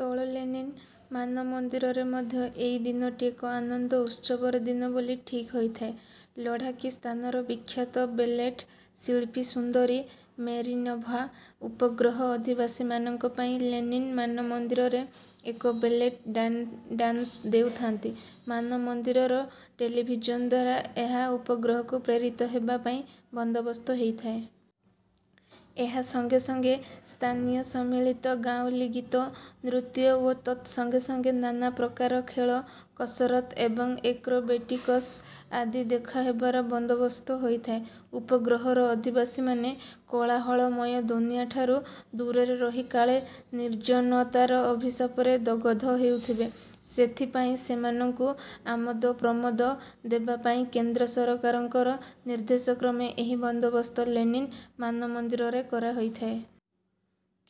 ତଳ ଲେନିନ୍ ମାନମନ୍ଦିରରେ ମଧ୍ୟ ଏଇ ଦିନଟି ଏକ ଆନନ୍ଦଉତ୍ସବର ଦିନ ବୋଲି ଠିକ୍ ହୋଇଥାଏ। ଲଢ଼ାକିସ୍ଥାନର ବିଖ୍ୟାତ ବେଲେଟ୍ ଶିଳ୍ପୀ ସୁନ୍ଦରୀ ମେରିନୋଭା ଉପଗ୍ରହର ଅଧିବାସୀମାନଙ୍କ ପାଇଁ ଲେନିନ୍ ମାନମନ୍ଦିରରେ ଏକ ବେଲେଟ୍ ଡାନସ୍ ଦେଉଥାନ୍ତି। ମାନମନ୍ଦିରର ଟେଲିଭିଜନ୍ ଦ୍ୱାରା ଏହା ଉପଗ୍ରହକୁ ପ୍ରେରିତ ହେବା ପାଇଁ ବନ୍ଦୋବସ୍ତ ହୋଇଥାଏ। ଏହା ସଙ୍ଗେ ସଙ୍ଗେ ସ୍ଥାନୀୟ ସମ୍ମିଳିତ ଗାଉଁଲୀ ଗୀତ, ନୃତ୍ୟ ଓ ତତ୍ ସଙ୍ଗେ ସଙ୍ଗେ; ନାନାପ୍ରକାର ଖେଳ କସରତ୍ ଏବଂ ଏକ୍ରୋବେଟିକସ୍ ଆଦି ଦେଖାହେବାର ବନ୍ଦୋବସ୍ତ ହୋଇଥାଏ। ଉପଗ୍ରହର ଅଧିବାସୀମାନେ କୋଳାହଳମୟ ଦୁନିଆଠାରୁ ଦୂରରେ ରହି କାଳେ ନିର୍ଜ୍ଜନତାର ଅଭିଶାପରେ ଦଗଧ ହେଉଥିବେ ସେଥିପାଇଁ ସେମାନଙ୍କୁ ଆମୋଦପ୍ରମୋଦ ଦେବାପାଇଁ କେନ୍ଦ୍ର ସରକାରଙ୍କର ନିର୍ଦ୍ଦେଶକ୍ରମେ ଏହି ବନ୍ଦୋବସ୍ତ ଲେନିନ୍ ମାନମନ୍ଦିରରେ କରାହୋଇଥାଏ।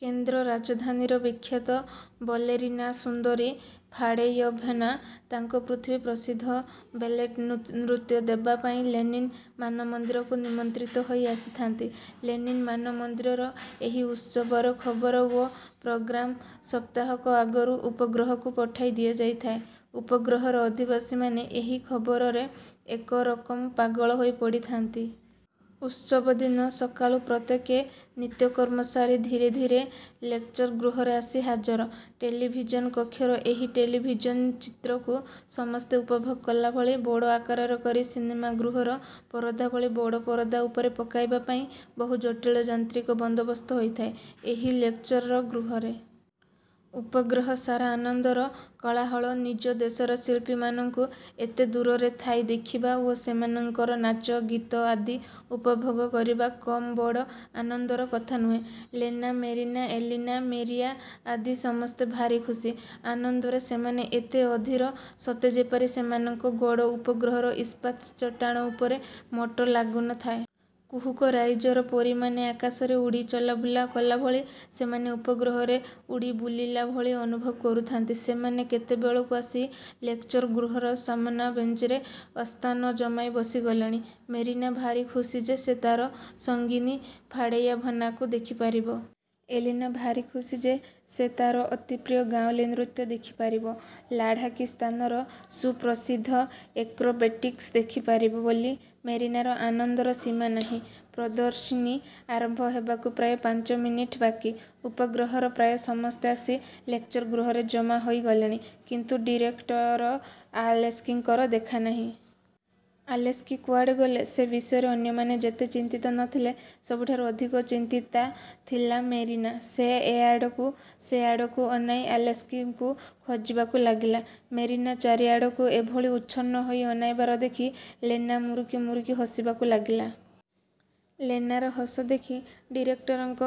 କେନ୍ଦ୍ର ରାଜଧାନୀର ବିଖ୍ୟାତ ବେଲେରିନା ସୁନ୍ଦରୀ ଫାଡ଼େୟାଭନା ତାଙ୍କର ପୃଥିବୀ ପ୍ରସିଦ୍ଧ ବେଲେଟ୍ ନୃତ୍ୟ ଦେବାପାଇଁ ଲେନିନ୍ ମାନମନ୍ଦିରକୁ ନିମନ୍ତ୍ରିତ ହୋଇ ଆସିଥାନ୍ତି। ଲେନିନ୍ ମାନମନ୍ଦିରର ଏହି ଉତ୍ସବର ଖବର ଓ ପ୍ରୋଗ୍ରାମ୍ ସପ୍ତାହକ ଆଗରୁ ଉପଗ୍ରହକୁ ପଠାଇ ଦିଆଯାଇଥାଏ। ଉପଗ୍ରହର ଅଧିବାସୀମାନେ ଏହି ଖବରରେ ଏକରକମ୍ ପାଗଳ ହୋଇପଡ଼ିଥାନ୍ତି-। ଉତ୍ସବ ଦିନ ସକାଳୁ ପ୍ରତ୍ୟେକେ ନିତ୍ୟକର୍ମ ସାରି ଧୀରେ ଧୀରେ ଲେକ୍ଚର୍ ଗୃହରେ ଆସି ହାଜର-। ଟେଲିଭିଜନ୍ କକ୍ଷର ଏହି ଟେଲିଭିଜନ୍ ଚିତ୍ରକୁ ସମସ୍ତେ ଉପଭୋଗ କଲାଭଳି ବଡ଼ ଆକାରର କରି ସିନେମାଗୃହର ପରଦାଭଳି ବଡ଼ ପରଦା ଉପରେ ପକାଇବା ପାଇଁ ବହୁ ଜଟିଳ ଯାନ୍ତ୍ରିକ ବନ୍ଦୋବସ୍ତ ହୋଇଥାଏ ଏହି ଲେକ୍ଚର ଗୃହରେ। ଉପଗ୍ରହ ସାରା ଆନନ୍ଦର କୋଳାହଳ। ନିଜ ଦେଶର ଶିଳ୍ପୀମାନଙ୍କୁ ଏତେ ଦୂରରେ ଥାଇ ଦେଖିବା ଓ ସେମାନଙ୍କର ନାଚ, ଗୀତ ଆଦି ଉପଭୋଗ କରିବା କମ୍ ବଡ଼ ଆନନ୍ଦର କଥା ନୁହେଁ। ଲେନା, ମେରିନା, ଏଲିନା, ମେରିଆ ଆଦି ସମସ୍ତେ ଭାରି ଖୁସି। ଆନନ୍ଦରେ ସେମାନେ ଏତେ ଅଧିର ସତେ ଯେପରି ସେମାନଙ୍କ ଗୋଡ଼ ଉପଗ୍ରହର ଇସ୍ପାତ୍ ଚଟାଣ ଉପରେ ମୋଟେ ଲାଗୁ ନ ଥାଏ। କୁହୁକ ରାଇଜର ପରୀମାନେ ଆକାଶରେ ଉଡ଼ି ଚଲାବୁଲା କଲାଭଳି ସେମାନେ ଉପଗ୍ରହରେ ଉଡ଼ି ବୁଲିଲା ଭଳି ଅନୁଭବ କରୁଥାନ୍ତି। ସେମାନେ କେତେବେଳୁ ଆସି ଲେକ୍ଚର୍ ଗୃହର ସାମନା ବେଞ୍ଚରେ ଆସ୍ଥାନ ଜମାଇ ବସିଗଲେଣି।। ମେରିନା ଭାରି ଖୁସି ଯେ ସେ ତା'ର ସଙ୍ଗିନୀ ଫାଡ଼େୟାଭନାକୁ ଦେଖିପାରିବ। ଏଲିନା ଭାରି ଖୁସି ଯେ ସେ ତା'ର ଅତିପ୍ରିୟ ଗାଉଁଲି ନୃତ୍ୟ ଦେଖିପାରିବ। ଲାଢ଼ାକିସ୍ଥାନର ସୁପ୍ରସିଦ୍ଧ ଏକ୍ରୋବେଟିକ୍ସ ଦେଖିପାରିବ ବୋଲି ମେରିନାର ଆନନ୍ଦର ସୀମା ନାହିଁ। ପ୍ରଦର୍ଶିନୀ ଆରମ୍ଭ ହେବାକୁ ପ୍ରାୟ ପାଞ୍ଚମିନିଟ୍ ବାକି। ଉପଗ୍ରହର ପ୍ରାୟ ସମସ୍ତେ ଆସି ଲେକ୍ଚର ଗୃହରେ ଜମାହୋଇ ଗଲେଣି, କିନ୍ତୁ ଡିରେକଟର ଆଲେସ୍କିଙ୍କର ଦେଖାନାହିଁ। ଆଲେସ୍କି କୁଆଡ଼େ ଗଲେ, ସେ ବିଷୟରେ ଅନ୍ୟମାନେ ଯେତେ ଚିନ୍ତିତ ନ ଥିଲେ, ସବୁଠାରୁ ଅଧିକ ଚିନ୍ତିତା ଥିଲା ମେରିନା। ସେ ଏଆଡ଼କୁ ସେ ଆଡ଼କୁ ଅନାଇ ଆଲେସ୍କିଙ୍କୁ ଖୋଜିବାକୁ ଲାଗିଲା। ମେରିନା ଚାରିଆଡ଼କୁ ଏଭଳି ଉଚ୍ଛନ୍ନ ହୋଇ ଅନାଇବାର ଦେଖି ଲେନା ମୁରୁକି ମୁରୁକି ହସିବାକୁ ଲାଗିଲା। ଲେନାର ହସ ଦେଖି ଡିରେକ୍ଟରଙ୍କ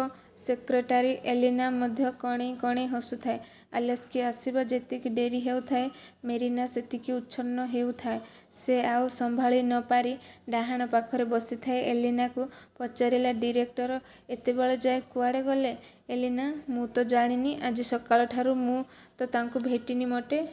ସେକ୍ରେଟାରୀ ଏଲିନା ମଧ୍ୟ କଣେଇ କଣେଇ ହସୁଥାଏ। ଆଲେସ୍କି ଆସିବା ଯେତିକି ଡେରି ହେଉଥାଏ, ମେରିନା ସେତିକି ଉଚ୍ଛନ୍ନ ହେଉଥାଏ। ସେ ଆଉ ସମ୍ଭାଳି ନପାରି ଡାହାଣ ପାଖରେ ବସିଥାଏ ଏଲିନାକୁ ପଚାରିଲା–''ଡିରେକ୍ଟର ଏତେବେଳଯାଏ କୁଆଡ଼େ ଗଲେ ଏଲିନା? '' ''ମୁଁ ତ ଜାଣିନି, ଆଜି ସକାଳଠାରୁ ମୁଁ ତ ତାଙ୍କୁ ଭେଟିନି ମୋଟେ।